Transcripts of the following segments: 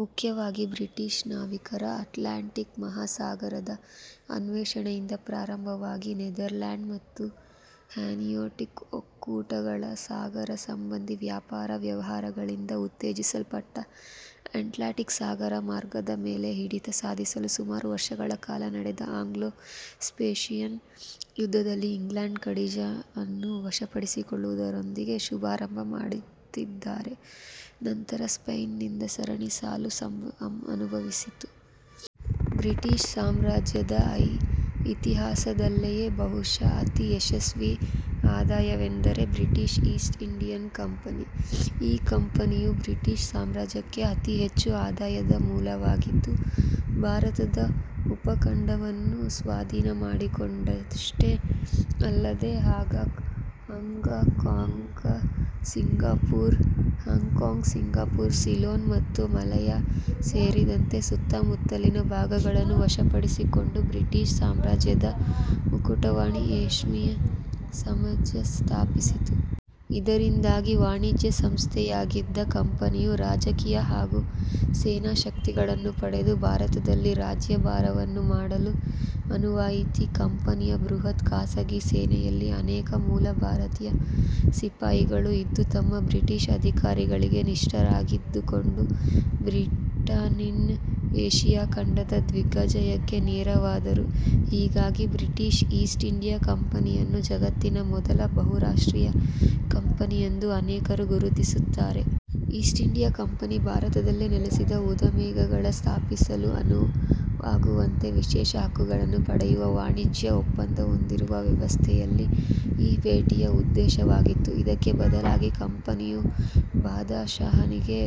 ಮುಖ್ಯವಾಗಿ ಬ್ರಿಟೀಷ್ ನಾವಿಕರ ಅಟ್ಲಾಂಟಿಕ್ ಮಹಾಸಾಗರ ದ ಅನ್ವೇಷಣೆಯಿಂದ ಪ್ರಾರಂಭವಾಗಿ, ನೆದರ್ಲ್ಯಾಂಡ್ ಮತ್ತು ಹ್ಯಾನ್ಸಿಯಾಟಿಕ್ ಒಕ್ಕೂಟ ಗಳ ಸಾಗರ ಸಂಬಧೀ ವ್ಯಾಪಾರ ವ್ಯವಹಾರಗಳಿಂದ ಉತ್ತೇಜಿಸಲ್ಪಟ್ಟಿತು. ಅಟ್ಲಾಂಟಿಕ್ ಸಾಗರ ಮಾರ್ಗ ದ ಮೇಲೆ ಹಿಡಿತ ಸಾಧಿಸಲು ಸುಮಾರು ವರ್ಷಗಳ ಕಾಲ ನಡೆದ ಆಂಗ್ಲೋ-ಸ್ಪ್ಯಾನಿಶ್ ಯುದ್ಧದಲ್ಲಿ ಇಂಗ್ಲೆಂಡ್ ಕಾಡಿಜ್ ಅನ್ನು ವಶಪಡಿಸಿಕೊಳ್ಳುವುದರೊಂದಿಗೆ ಶುಭಾರಂಭ ಮಾಡಿತಾದರೂ, ನಂತರ ಸ್ಪ್ಯೇನ್ ನಿಂದ ಸರಣಿ ಸೊಲು ಅನುಭವಿಸಿತು. ಬ್ರಿಟೀಷ್ ಸಾಮ್ರಾಜ್ಯದ ಇತಿಹಾಸದಲ್ಲಿಯೇ ಬಹುಶ: ಅತಿ ಯಶಸ್ವೀ ಅಧ್ಯಾಯವೆಂದರೆ ಬ್ರಿಟೀಷ್ ಈಸ್ಟ್ ಇಂಡಿಯಾ ಕಂಪನಿ. ಈ ಕಂಪನಿಯು, ಬ್ರಿಟೀಷ್ ಸಾಮ್ರಾಜ್ಯಕ್ಕೆ ಅತಿ ಹೆಚ್ಚು ಆದಾಯದ ಮೂಲವಾಗಿದ್ದ, ಭಾರತ ದ ಉಪಖಂಡವನ್ನು ಸ್ವಾಧೀನ ಮಾಡಿಕೊಂಡದ್ದಷ್ಟೇ ಅಲ್ಲದೇ, ಹಾಂಗ್ ಕಾಂಗ್, ಸಿಂಗಪುರ, ಸಿಲೋನ್ ಮತ್ತು ಮಲಯಾ ಸೇರಿದಂತೆ ಸುತ್ತಮುತ್ತಲಿನ ಭಾಗಗಳನ್ನು ವಶಪಡಿಸಿಕೊಂಡು, ಬ್ರಿಟೀಷ್ ಸಾಮ್ರಾಜ್ಯದ ಮುಕುಟಮಣಿಯಾದ ಏಶಿಯಾ ಸಾಮ್ರಾಜ್ಯವನ್ನು ಸ್ಥಾಪಿಸಿತು. ಇದರಿಂದಾಗಿ, ವಾಣಿಜ್ಯ ಸಂಸ್ಥೆಯಾಗಿದ್ದ ಕಂಪನಿಯು, ರಾಜಕೀಯ ಹಾಗೂ ಸೇನಾ ಶಕ್ತಿಗಳನ್ನು ಪಡೆದು ಭಾರತದಲ್ಲಿ ರಾಜ್ಯಭಾರವನ್ನು ಮಾಡಲು ಅನುವಾಯಿತು. ಕಂಪನಿಯ ಬೃಹತ್ ಖಾಸಗಿ ಸೇನೆಯಲ್ಲಿ ಅನೇಕ ಮೂಲ ಭಾರತೀಯ ಸಿಪಾಯಿ ಗಳು ಇದ್ದು, ತಮ್ಮ ಬ್ರಿಟಿಷ್ ಅಧಿಕಾರಿಗಳಿಗೆ ನಿಷ್ಠರಾಗಿದ್ದುಕೊಂಡು, ಬ್ರಿಟನ್ನಿನ ಏಷಿಯಾ ಖಂಡದ ದಿಗ್ವಿಜಯಕ್ಕೆ ನೆರವಾದರು. ಹೀಗಾಗಿ ಬ್ರಿಟೀಷ್ ಈಸ್ಟ್ ಇಂಡಿಯಾ ಕಂಪನಿಯನ್ನು, ಜಗತ್ತಿನ ಮೊದಲ ಬಹುರಾಷ್ಟ್ರೀಯ ಕಂಪನಿ ಯೆಂದು ಅನೇಕರು ಗುರುತಿಸುತ್ತಾರೆ. ಈಸ್ಟ್ ಇಂಡಿಯಾ ಕಂಪನಿಯು ಭಾರತದಲ್ಲಿ ನೆಲೆಸಿ, ಉದ್ದಿಮೆಗಳನ್ನು ಸ್ಥಾಪಿಸಲು ಅನುವಾಗುವಂತೆ ವಿಶೇಷ ಹಕ್ಕುಗಳನ್ನು ಪಡೆಯುವ ವಾಣಿಜ್ಯ ಒಪ್ಪಂದವೊಂದರ ವ್ಯವಸ್ಥೆಯೇ ಈ ಭೇಟಿಯ ಉದ್ದೇಶವಾಗಿದ್ದಿತು. ಇದಕ್ಕೆ ಬದಲಾಗಿ ಕಂಪನಿಯು ಬಾದಷಾಹನಿಗೆ,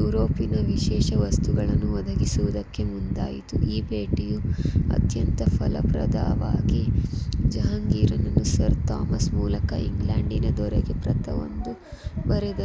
ಯೂರೋಪಿನ ವಿಶೇಷ ವಸ್ತುಗಳನ್ನು ಒದಗಿಸುವುದಕ್ಕೆ ಮುಂದಾಯಿತು. ಈ ಭೇಟಿಯು ಅತ್ಯಂತ ಫಲಪ್ರದವಾಗಿ, ಜಹಾಂಗೀರನು ಸರ್ ಥಾಮಸನ ಮೂಲಕವಾಗಿ ಇಂಗ್ಲೆಂಡಿನ ದೊರೆಗೆ ಪತ್ರವೊಂದನ್ನು ಬರೆದನು.